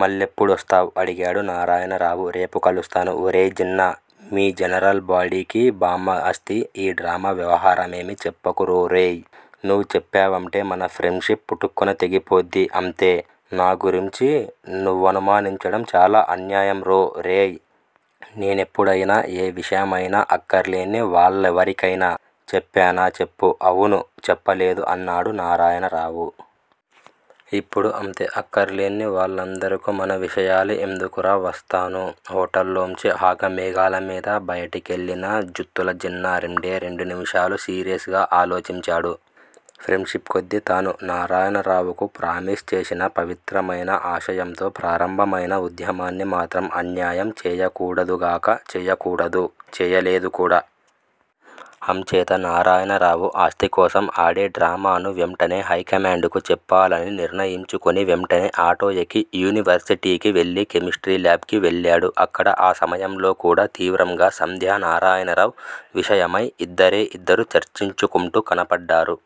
మళ్ళెప్పుడొస్తావ్? అడిగాడు నారాయణరావు. రేపు కలుస్తాను ఒరేయ్ జిన్నా మీ జనరల్ బాడీకి బామ్మ ఆస్థి, ఈ డ్రామా వ్యవహారమేమీ చెప్పుకురోరేయ్. నువ్వు చెప్పావంటే మన ఫ్రెండ్ షిప్ పుటుక్కున తెగిపోద్ది అంతే నా గురించి నువ్వనుమానించడం చాలా అన్యాయంరోరేయ్ నేనెప్పుడయినా, ఏ విషయమైనా అక్కర్లేని వాళ్ళెవరికైనా చెప్పానా చెప్పు అవును చెప్పలేదు అన్నాడు నారాయణరావు. ఇప్పుడూ అంతే. అక్కర్లేని వాళ్ళందరకూ మన విషయాలు ఎందుకురా వస్తాను హోటల్ లోంచి ఆఘమేఘాలమీద బయటికెళ్ళిన జుత్తులజిన్నా రెండే రెండునిముషాలు సీరియస్ గా ఆలోచించాడు. ఫ్రెండ్షిప్ కొద్దీ తను నారాయణరావుకు ప్రామిస్ చేసినా పవిత్రమయిన ఆశయంతో ప్రారంభమైన ఉద్యమాన్ని మాత్రం అన్యాయం చేయకూడదుగాక చేయకూడదు-చేయలేడు కూడా. అంచేత నారాయణరావు ఆస్థికోసం ఆడే డ్రామాను వెంటనే హైకమాండుకు చెప్పాలని నిర్ణయించుకుని వెంటనే ఆటో ఎక్కి యూనివర్సిటీకి వెళ్ళి, కెమిస్ట్రీ లాబ్ కి వెళ్ళాడు. అక్కడ ఆ సమయంలోకూడా తీవ్రంగా సంధ్య నారాయణరావ్ విషయమై ఇద్దరే ఇద్దరు చర్చించుకుంటూ కనపడ్డారు.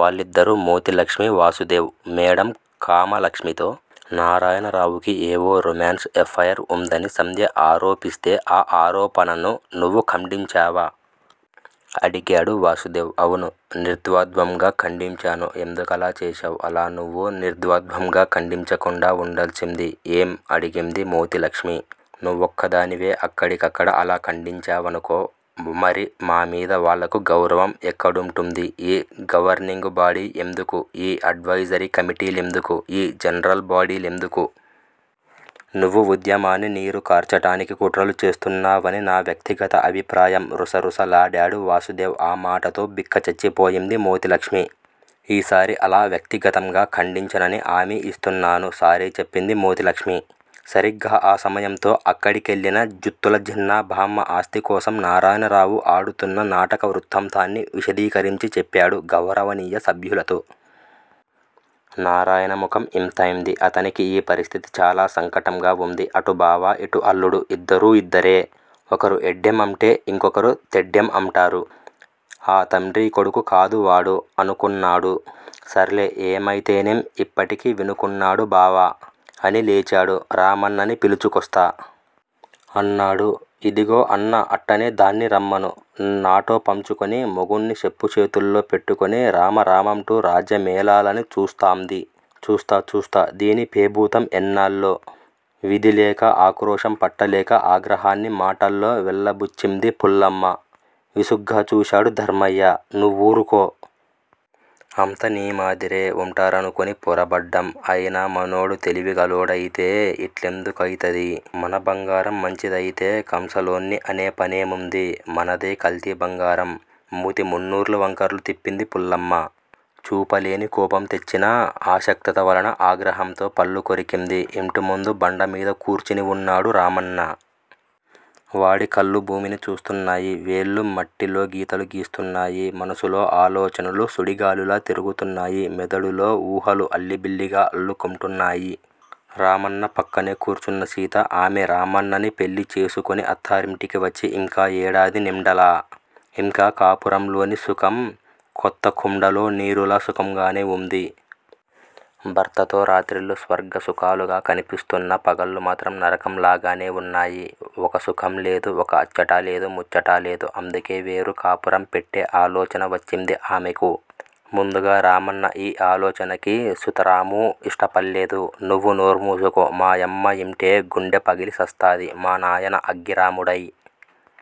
వాళ్ళిద్దరూ మోతీలక్ష్మి, వాసుదేవ్. మేడమ్ కమలాక్షితో, నారాయణరావుకి ఏవో రొమాన్స్ ఎఫైర్ ఉందని సంధ్య ఆరోపిస్తే ఆ ఆరోపణను నువ్వు ఖండించావా? అడిగాడు వాసుదేవ్. అవును! నిర్ద్వంద్వంగా ఖండించాను ఎందుకలా చేశావ్? అలా నువ్వు నిర్ద్వంద్వంగా ఖండించకుండా వుండాల్సింది ఏం? అడిగింది మోతీలక్ష్మీ. నువ్వొక్కదానివే అక్కడికక్కడ అలా ఖండించావనుకో మరి మామీద వాళ్ళకు గౌరవం ఎక్కడుంటుంది? ఈ గవర్నింగ్ బాడీ ఎందుకు? ఈ అడ్వయిజరీ కమిటీలెందుకు? ఈ జనరల్ బాడీలెందుకు? నువ్వు ఉద్యమాన్ని నీరు కార్చటానికి కుట్రలు చేస్తున్నావని నా వ్యక్తి గత అభిప్రాయం రుసరుసలాడాడు వాసుదేవ్. ఆ మాటతో బిక్కచచ్చిపోయింది మోతీలక్ష్మీ. ఈసారి అలా వ్యక్తిగతంగా ఖండించనని హామీ ఇస్తున్నాను సారీ చెప్పింది మోతీలక్ష్మీ. సరిగ్గా ఆ సమయంతో అక్కడికెళ్ళిన జుత్తులజిన్నా బామ్మ ఆస్థికోసం నారాయణరావు ఆడుతున్న నాటక వృత్తాంతాన్ని విశదీకరించిచెప్పాడు గౌరవనీయ సభ్యులతో. నారాయణ ముఖం యింతైంది! అతనికి యీ పరిస్థితి చాల సంకటంగా వుంది. 'అటు బావ! యిటు అల్లుడు! ఇద్దరూ ఇద్దరే! ఒకరు ఎడ్డెం అంటే ఇంకొకరు తెడ్డెం అంటారు. ఆ తండ్రి కొడుకు కాదూ వాడు! అనుకున్నాడు. 'సర్లే ఏమైతేనేం యిప్పటికి వినుకున్నాడు బావ! అని లేచాడు 'రామన్నని పిలుచుకోస్తా! ' అన్నాడు. ఇదిగో అన్నా అట్టనే దాన్ని రమ్మను. నాటో పంచుకుని, మొగున్ని సెప్పు చేతుల్లో పెట్టుకొని రామ రామాంటూ రాజ్జేమేలాలని చూస్తాంది. చూస్తా! చూస్తా! దీని పెబుతం ఎన్నాల్లో! విధిలేక ఆక్రోశం పట్టలేక ఆగ్రహాన్ని మాటల్లో వెలిబుచ్చింది పుల్లమ్మ. విసుగ్గా చూశాడు ధర్మయ్య 'నూవురుకో! అంత నీ మాదిరే' వుంటారనుకుని పోరాబడ్డం! అయినా మనోడు తెలివిగలోడయితే యిట్లేందుకుకయితాది! మన బంగారం మంచిదయితే కంసలోన్ని అనే పనేముంది! మనదే కల్తీ బంగారం! మూతి మున్నురు వంకర్లు తిప్పింది పుల్లమ్మ! చూపలేని కోపం తెచ్చిన అశక్తత వలన ఆగ్రహంతో పళ్ళు కొరికింది. ఇంటిముందు బండ మీద కూర్చుని వున్నాడు రామన్న! వాడి కళ్ళు భూమిని చూస్తున్నాయి. వేళ్ళు మట్టిలో గీతలు గీస్తున్నాయి. మనసులో ఆలోచనలు సుడిగాలిలా తిరుగుతున్నాయి. మెదడులో ఉహాలు అల్లిబిల్లిగా అల్లుకుంటున్నాయి. రామన్న పక్కనే కూర్చున్న సీత! ఆమె రామన్నని పెళ్ళి చేసుకుని అత్తగారింటికి వచ్చి ఇంకా ఏడాది నిండలా! ఇంకా కాపురంలోని సుఖం కొత్త కుండలో నీరులా సుఖంగానే వుంది. భర్తతో రాత్రిళ్ళు స్వర్గసుఖాలుగా కనిపిస్తోన్న పగళ్ళు మాత్రం నరకం లాగానే వున్నాయి. ఒక సుఖం లేదు. ఒక అచ్చటా లేదు. ముచ్చటా లేదు. అందుకే వేరు కాపురం పెట్టె ఆలోచన వచ్చింది ఆమెకు. ముందుగా రామన్న యీ ఆలోచనకి సుతరామూ యిష్ట పళ్ళేదు. 'నువు నోర్మూసుకో! మా యమ్మ యింటే గుండె పగిలిసస్తాది? మా నాయన అగ్గిరాముడై